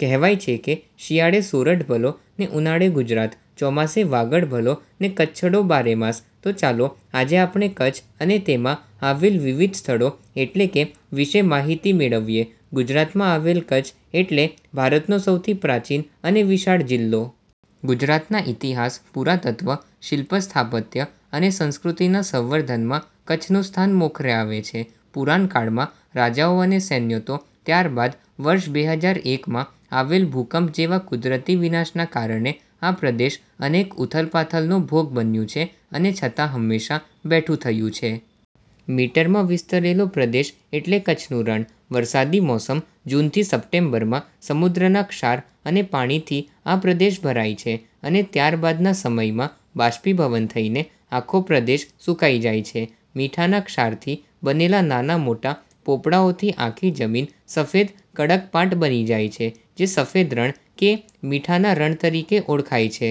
કહેવાય છે કે, શિયાળે સોરઠ ભલો, ને ઉનાળે ગુજરાત, ચોમાસે વાગડ ભલો ને કચ્છડો બારે માસ. તો ચાલો આજે આપણે કચ્છ અને તેમાંં આવેલ વિવિધ સ્થળો એટલે કે વિશે માહિતી મેળવીએ. ગુજરાતમાં આવેલ કચ્છ એટલે ભારતનો સહુથી પ્રાચીન અને વિશાળ જિલ્લો. ગુજરાતના ઇતિહાસ, પુરાતત્વ, શિલ્પ-સ્થાપત્ય અને સંસ્કૃતિના સંવર્ધનમાં કચ્છનું સ્થાન મોખરે આવે છે. પુરાણકાળમાં રાજાઓ અને સૈન્ય તો ત્યારબાદ વર્ષ બે હજાર એક માં આવેલ ભૂકંપ જેવા કુદરતી વિનાશના કારણે આ પ્રદેશ અનેક ઉથલપાથલનો ભોગ બન્યું છે, અને છતાં હંમેશા બેઠું થયું છે. મીટર માં વિસ્તરેલો પ્રદેશ એટલે કચ્છનું રણ. વરસાદી મોસમ જૂનથી સપ્ટેમ્બરમાં સમુદ્રના ક્ષાર અને પાણીથી આ પ્રદેશ ભરાય છે અને ત્યારબાદના સમયમાં બાષ્પીભવન થઈને આખો પ્રદેશ સૂકાઈ જાય છે. મીઠાના ક્ષારથી બનેલા નાના મોટા પોપડાઓથી આખી જમીન સફેદ કડક પાટ બની જાય છે, જે સફેદ રણ, કે મીઠાના રણ તરીકે ઓળખાય છે.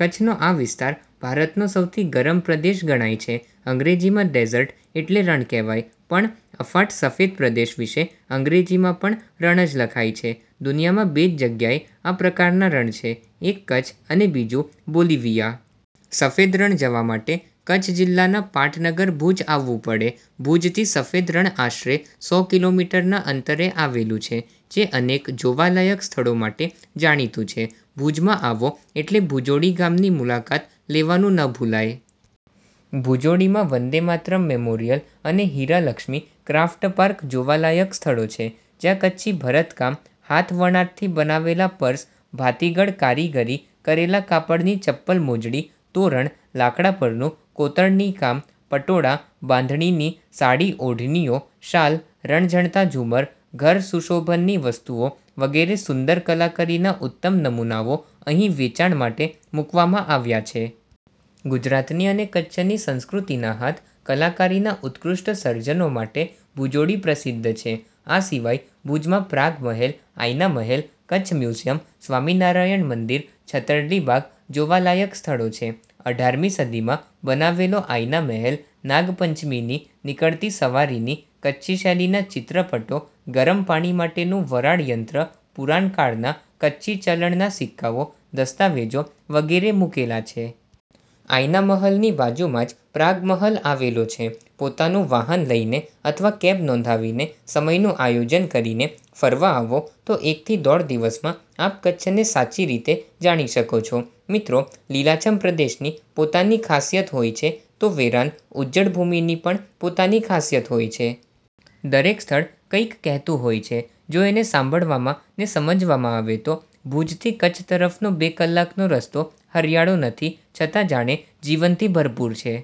કચ્છનો આ વિસ્તાર ભારતનો સહુથી ગરમ પ્રદેશ ગણાય છે. અંગ્રેજીમાં ડેઝર્ટ એટલે રણ કહેવાય, પણ અફાટ સફેદ પ્રદેશ વિષે અંગ્રેજીમાં પણ રણ જ લખાય છે. દુનિયામાં બે જ જગ્યાએ આ પ્રકારના રણ છે, એક કચ્છ અને બીજું બોલિવિયા. સફેદ રણ જવા માટે કચ્છ જિલ્લાના પાટનગર ભૂજ આવવું પડે. ભૂજથી સફેદ રણ આશરે સો કિલો મીટર ના અંતરે આવેલું છે. જે અનેક જોવાલાયક સ્થળો માટે જાણીતું છે. ભૂજમાં આવો એટલે ભૂજોડી ગામની મુલાકાત લેવાનું ન ભૂલાય! ભૂજોડીમાં વંદે માતરમ મેમોરિયલ અને હીરાલક્ષ્મી ક્રાફ્ટ પાર્ક જોવાલાયક સ્થળો છે. જ્યાં કચ્છી ભરતકામ, હાથવણાટથી બનાવેલા પર્સ, ભાતીગળ કારીગરી કરેલા કાપડની ચપ્પલ-મોજડી, તોરણ, લાકડાં પરનું કોતરણી કામ, પટોળા, બાંધણીની સાડી-ઓઢણીઓ, શાલ, રણઝણતા ઝુમ્મર, ઘરસુશોભનની વસ્તુઓ વગેરે સુંદર કલાકારીના ઉત્તમ નમૂનાઓ અહીં વેચાણ માટે મૂકવામાં આવ્યા છે. ગુજરાતની અને કચ્છની સંસ્કૃતિના હાથ કલાકારીના ઉત્કૃષ્ઠ સર્જનો માટે ભુજોડી પ્રસિદ્ધ છે. આ સિવાય ભૂજમાં પ્રાગ મહલ, આઈના મહલ, કચ્છ મ્યુઝીયમ, સ્વામિનારાયણ મંદિર, છતરડી બાગ જોવાલાયક સ્થળો છે. અઢાર મી સદીમાં બનાવેલો આઇના મહેલ નાગપંચમીની નીકળતી સવારીની, કચ્છી શૈલીના ચિત્રપટો, ગરમ પાણી માટેનું વરાળયંત્ર, પુરાણ કાળના કચ્છી ચલણના સિક્કાઓ, દસ્તાવેજો વગેરે મૂકેલા છે. આઇના મહલની બાજુમાં જ પ્રાગ મહલ આવેલો છે. પોતાનું વાહન લઈને અથવા કેબ નોંધાવીને સમયનું આયોજન કરીને ફરવા આવો તો એકથી દોઢ દિવસમાં આપ કચ્છને સાચી રીતે જાણી શકો છો. મિત્રો, લીલાછમ પ્રદેશની પોતાની ખાસિયત હોય છે તો વેરાન, ઉજ્જડ ભૂમિની પણ પોતાની ખાસિયત હોય છે. દરેક સ્થળ કંઈક કહેતું હોય છે, જો એને સાંભળવામાં ને સમજવામાં આવે તો! ભૂજથી કચ્છ તરફનો બે કલાકનો રસ્તો હરિયાળો નથી છતાં જાણે જીવનથી ભરપુર છે!